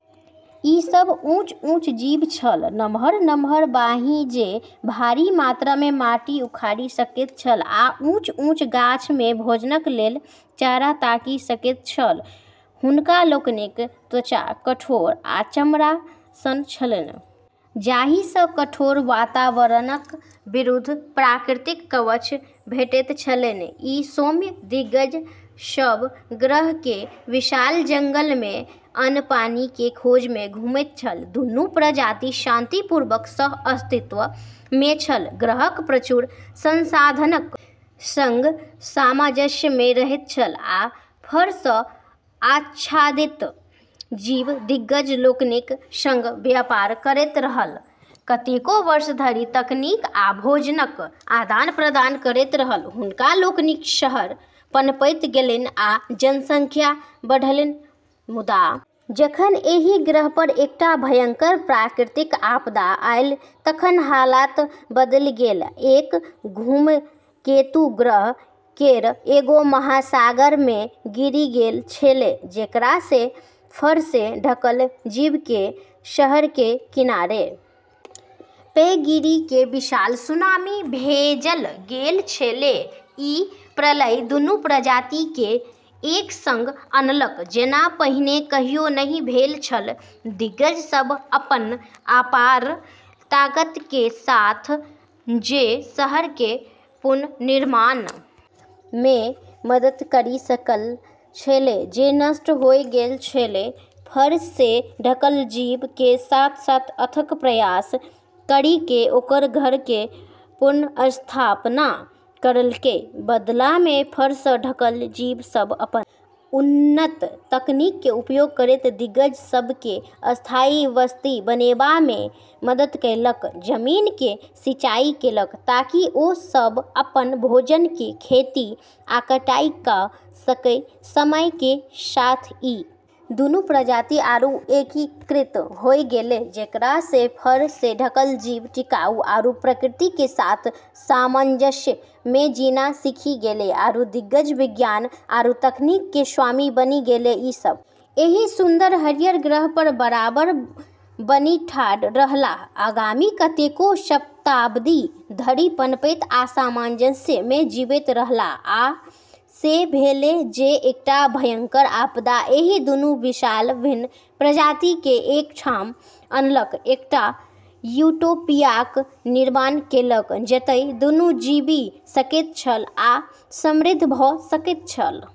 ई सभ ऊँच-ऊँच जीव छल, नम्हर-नम्हर बाँहि जे भारी मात्रा मे माटि उखाड़ि सकैत छल वा ऊँच-ऊँच गाछ मे भोजनक लेल चारा ताकि सकैत छल, हुनका लोकनिक त्वचा कठोर आ चमड़ा सन छलनि जाहि सँ कठोर वातावरणक विरुद्ध प्राकृतिक कवच भेटैत छलनि ई सौम्य दिग्गज सब ग्रह के विशाल जंगल में अन्न-पानि के खोज में घुमैत छल दुनू प्रजाति शांतिपूर्वक सह-अस्तित्व मे छल, ग्रहक प्रचुर संसाधनक संग सामंजस्य मे रहैत छल, फर सॅं आच्छादित जीव दिग्गज लोकनिक संग व्यापार करैत रहल, कतेको वर्ष धरि तकनीक आ भोजनक आदान-प्रदान करैत रहल, हुनका लोकनिक शहर पनपैत गेलनि आ जनसंख्या बढ़लनि, मुदा जखन एहि ग्रह पर एकटा भयंकर प्राकृतिक आपदा आयल तखन हालात बदलि गेल एक धूमकेतु ग्रह केरऽ एगो महासागर मे गिरी गेलऽ छेलै जेकरा से फर से ढकल जीवऽ के शहरऽ के किनारे पे गिरी के विशाल सुनामी भेजलऽ गेलऽ छेलै, ई प्रलय दुनू प्रजाति के एक संग अनलक जेना पहिने कहियो नहि भेल छल, दिग्गज सब अपनऽ अपार ताकत के साथ जे शहरऽ के पुनर्निर्माण में मदद करी सकलऽ छेलै जे नष्ट होय गेलऽ छेलै फर सें ढकल जीवऽ के साथ-साथ अथक प्रयास करी के ओकरऽ घरऽ के पुनर्स्थापना करलकै, बदला में फर स ढकल जीव सब अपन उन्नत तकनीक के उपयोग करैत दिग्गज सब के स्थायी बस्ती बनेबा में मदद केलक, जमीन के सिंचाई केलक ताकि ओ सब अपन भोजन के खेती आ कटाई क सकय, समय के साथ ई दूनू प्रजाति आरू एकीकृत होय गेलै जेकरा से फर से ढकल जीव टिकाऊ आरू प्रकृति के साथ सामंजस्य मे जीना सीखी गेलै आरू दिग्गज विज्ञान आरू तकनीक के स्वामी बनी गेलै, ई सब एहि सुन्दर हरियर ग्रह पर बराबर बनि ठाढ़ रहलाह, आगामी कतेको शताब्दी धरि पनपैत आ सामंजस्य मे जीबैत रहलाह आ से भेलै जे एकटा भयंकर आपदा एहि दुनू विशाल भिन्न प्रजाति केँ एक ठाम अनलक, एकटा यूटोपियाक निर्माण केलक जतय दुनू जीबि सकैत छल आ समृद्ध भ सकैत छल।